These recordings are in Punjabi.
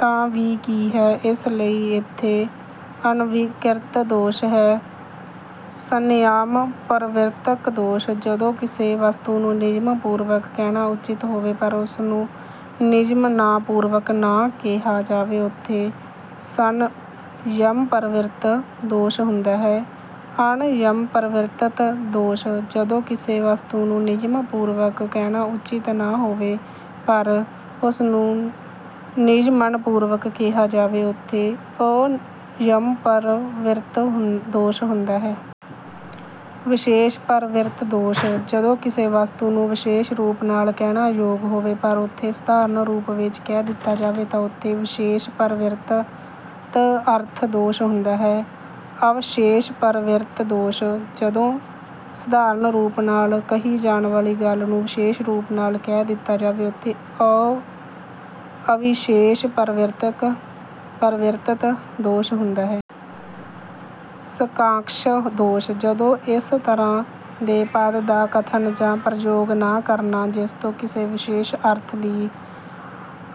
ਤਾਂ ਵੀ ਕੀ ਹੈ? ਇਸ ਲਈ ਇੱਥੇ ਅਨਵੀਕ੍ਰਿਤ ਦੋਸ਼ ਹੈ। ਸਨਿਯਮਪਰਿਵ੍ਰਿਤ ਦੋਸ਼: ਜਦੋਂ ਕਿਸੇ ਵਸਤੂ ਨੂੰ ਨਿਯਮ ਪੂਰਵਕ ਕਹਿਣਾ ਉਚਿੱਤ ਹੋਵੇ ਪਰ ਉਸਨੂੰ ਨਿਯਮਨਾਪੂਰਵਕ ਨਾ ਕਿਹਾ ਜਾਵੇ, ਉਥੇ 'ਸਨਿਯਮਪਰਿਵ੍ਰਿਤ' ਦੋਸ਼ ਹੁੰਦਾ ਹੈ। ਅਨਿਯਮਪਰਿਵ੍ਰਿਤ ਦੋਸ਼: ਜਦੋਂ ਕਿਸੇ ਵਸਤੂ ਨੂੰ ਨਿਯਮ ਪੂਰਵਕ ਕਹਿਣਾ ਉਚਿੱਤ ਨਾ ਹੋਵੇ ਪਰ ਉਸਨੂੰ ਨਿਯਮਨਪੂਰਵਕ ਕਿਹਾ ਜਾਵੇ, ਉਥੇ 'ਅਨਿਯਮਪਰਿਵ੍ਰਿਤ' ਦੋਸ਼ ਹੁੰਦਾ ਹੈ। ਵਿਸ਼ੇਸ਼ਪਰਿਵ੍ਰਿਤ ਦੋਸ਼: ਜਦੋਂ ਕਿਸੇ ਵਸਤੂ ਨੂੰ ਵਿਸ਼ੇਸ਼ ਰੂਪ ਨਾਲ ਕਹਿਣਾ ਯੋਗ ਹੋਵੇ, ਪਰ ਉਥੇ ਸਧਾਰਨ ਰੂਪ ਵਿੱਚ ਕਹਿ ਦਿੱਤਾ ਜਾਵੇ ਤਾਂ ਉਥੇ 'ਵਿਸ਼ੇਸ਼ਪਰਿਵ੍ਰਿਤ' ਅਰਥ ਦੋਸ਼ ਹੁੰਦਾ ਹੈ। ਅਵਿਸ਼ੇਸ਼ਪਰਿਵ੍ਰਿਤ ਦੋਸ਼: ਜਦੋਂ ਸਧਾਰਨ ਰੂਪ ਨਾਲ ਕਹੀ ਜਾਣ ਵਾਲੀ ਗੱਲ ਨੂੰ ਵਿਸ਼ੇਸ਼ ਰੂਪ ਨਾਲ ਕਹਿ ਦਿੱਤਾ ਜਾਵੇ, ਉਥੇ 'ਅਵਿਸ਼ੇਸ਼ਪਰਿਵ੍ਰਿਤ' ਦੋਸ਼ ਹੁੰਦਾ ਹੈ। ਸਾਕਾਂਕਸ਼ ਦੋਸ਼: ਜਦੋਂ ਇਸ ਤਰ੍ਹਾਂ ਦੇ ਪਦ ਦਾ ਕਥਨ ਜਾਂ ਪ੍ਰਯੋਗ ਨਾ ਕਰਨਾ ਜਿਸਤੋਂ ਕਿਸੇ ਵਿਸ਼ੇਸ਼ ਅਰਥ ਦੀ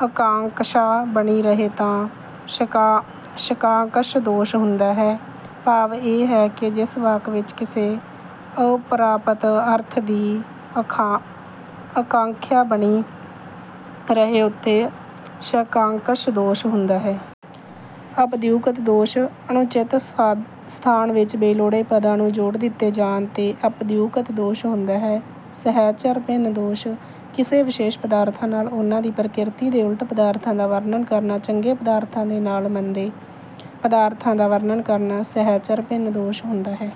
ਅਕਾਂਕਸ਼ਾ ਬਣੀ ਰਹੇ ਤਾਂ 'ਸਾਕਾਂਕਸ਼' ਦੋਸ਼ ਹੁੰਦਾ ਹੈ। ਭਾਵ ਇਹ ਹੈ ਕਿ ਜਿਸ ਵਾਕ ਵਿੱਚ ਕਿਸੇ ਅਪ੍ਰਾਪਤ ਅਰਥ ਦੀ ਅਕਾਂਖਿਆ ਬਣੀ ਰਹੇ, ਉਥੇ 'ਸਾਕਾਂਕਸ਼' ਦੋਸ਼ ਹੁੰਦਾ ਹੈ। ਅਪਦਯੁਕਤ ਦੋਸ਼: ਅਨੁਚਿਤ ਸਥਾਨ ਵਿੱਚ ਬੇਲੋੜੇ ਪਦਾਂ ਨੂੰ ਜੋੜ ਦਿੱਤੇ ਜਾਣ 'ਤੇ 'ਅਪਦਯੁਕਤ' ਦੋਸ਼ ਹੁੰਦਾ ਹੈ। ਸਹਚਰਭਿੰਨ ਦੋਸ਼: ਕਿਸੇ ਵਿਸ਼ੇਸ਼ ਪਦਾਰਥਾਂ ਨਾਲ ਉਨ੍ਹਾਂ ਦੀ ਪ੍ਰਕਿਰਤੀ ਦੇ ਉਲਟ ਪਦਾਰਥਾਂ ਦਾ ਵਰਣਨ ਕਰਨਾ; ਚੰਗੇ ਪਦਾਰਥਾਂ ਦੇ ਨਾਲ ਮੰਦੇ ਪਦਾਰਥਾਂ ਦਾ ਵਰਣਨ ਕਰਨਾ 'ਸਹਚਰਭਿੰਨ' ਦੋਸ਼ ਹੁੰਦਾ ਹੈ।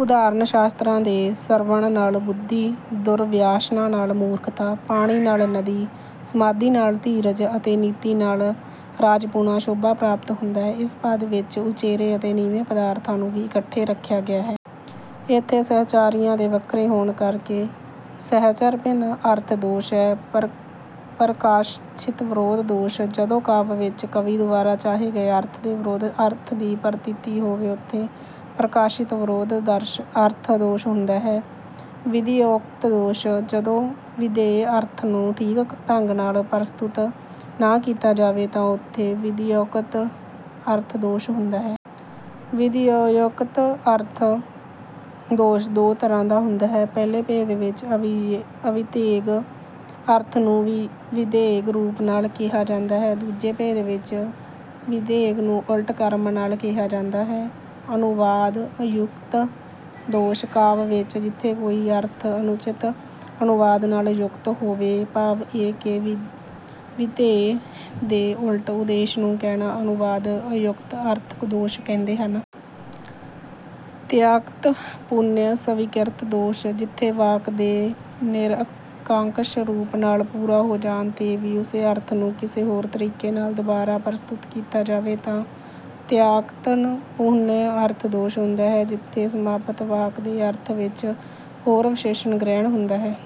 ਉਦਾਹਰਣ- ਸ਼ਾਸਤਰਾਂ ਦੇ ਸ਼੍ਰਵਣ ਨਾਲ ਬੁੱਧੀ, ਦੁਰਵਿਆਸਨਾਂ ਨਾਲ ਮੂਰਖਤਾ, ਪਾਣੀ ਨਾਲ ਨਦੀ, ਸਮਾਧੀ ਨਾਲ ਧੀਰਜ ਅਤੇ ਨੀਤੀ ਨਾਲ ਰਾਜਪੁਣਾ ਸ਼ੋਭਾ ਪ੍ਰਾਪਤ ਹੁੰਦਾ ਹੈ। ਇਸ ਪਦ ਵਿੱਚ ਉਚੇਰੇ ਅਤੇ ਨੀਵੇਂ ਪਦਾਰਥਾਂ ਨੂੰ ਵੀ ਇਕੱਠੇ ਰੱਖਿਆ ਗਿਆ ਹੈ। ਇੱਥੇ ਸਹਿਚਾਰੀਆਂ ਦੇ ਵੱਖਰੇ ਹੋਣ ਕਰਕੇ 'ਸਹਚਰਭਿੰਨ' ਅਰਥ ਦੋਸ਼ ਹੈ। ਪ੍ਰਕਾਸ਼ਿਤਵਿਰੁੱਧ ਦੋਸ਼: ਜਦੋਂ ਕਾਵਿ ਵਿੱਚ ਕਵੀ ਦੁਆਰਾ ਚਾਹੇ ਗਏ ਅਰਥ ਦੇ ਵਿਰੁੱਧ ਅਰਥ ਦੀ ਪ੍ਰਤੀਤੀ ਹੋਵੇ ਉਥੇ 'ਪ੍ਰਕਾਸ਼ਿਤਵਿਰੁੱਧ' ਅਰਥ ਦੋਸ਼ ਹੁੰਦਾ ਹੈ। ਵਿਧੀਅਯੁਕਤ ਦੋਸ਼: ਜਦੋਂ ਵਿਧੇਯ ਅਰਥ ਨੂੰ ਠੀਕ ਢੰਗ ਨਾਲ ਪ੍ਰਸਤੁਤ ਨਾ ਕੀਤਾ ਜਾਵੇ, ਤਾਂ ਉਥੇ 'ਵਿਧੀਅਯੁਕਤ' ਅਰਥ ਦੋਸ਼ ਹੁੰਦਾ ਹੈ। ਵਿਧੀਅਯੁਕਤ ਅਰਥ ਦੋਸ਼ ਦੋ ਤਰ੍ਹਾਂ ਦਾ ਹੁੰਦਾ ਹੈ- ਪਹਿਲੇ ਭੇਦ ਵਿੱਚ ਅਵਿਧੇਯ ਅਰਥ ਨੂੰ ਵਿਧੇਯ ਰੂਪ ਨਾਲ ਕਿਹਾ ਜਾਂਦਾ ਹੈ ਤੇ ਦੂਜੇ ਭੇਦ ਵਿੱਚ ਵਿਧੇਯ ਨੂੰ ਉਲਟ ਕ੍ਰਮ ਨਾਲ ਕਿਹਾ ਜਾਂਦਾ ਹੈ। ਅਨੁਵਾਦ-ਅਯੁਕਤ ਦੋਸ਼: ਕਾਵਿ ਵਿੱਚ ਜਿਥੇ ਕੋਈ ਅਰਥ ਅਨੁਚਿਤ ਅਨੁਵਾਦ ਨਾਲ ਯੁਕਤ ਹੋਵੇ, ਭਾਵ ਇਹ ਕਿ ਵਿਧੇਯ ਦੇ ਉਲਟ ਉਦੇਸ਼ ਨੂੰ ਕਹਿਣਾ 'ਅਨੁਵਾਦ-ਅਯੁਕਤ' ਅਰਥ ਦੋਸ਼ ਕਹਿੰਦੇ ਹਨ। ਤਿਆਕਤਪੁਨਹ-ਸਵੀਕ੍ਰਿਤ ਦੋਸ਼: ਜਿਥੇ ਵਾਕ ਦੇ ਨਿਰ-ਅਕਾਂਕਸ਼ ਰੂਪ ਨਾਲ ਪੂਰਾ ਹੋ ਜਾਣ 'ਤੇ ਵੀ ਉਸੇ ਅਰਥ ਨੂੰ ਕਿਸੇ ਹੋਰ ਤਰੀਕੇ ਨਾਲ ਦੁਬਾਰਾ ਪ੍ਰਸਤੁਤ ਕੀਤਾ ਜਾਵੇ ਤਾਂ 'ਤਿਆਕਤਪੁਨਹ' ਅਰਥ ਦੋਸ਼ ਹੁੰਦਾ ਹੈ। ਜਿਥੇ ਸਮਾਪਤ ਵਾਕ ਦੇ ਅਰਥ ਵਿੱਚ ਹੋਰ ਵਿਸ਼ੇਸ਼ਣ ਗ੍ਰਹਿਣ ਹੁੰਦਾ ਹੈ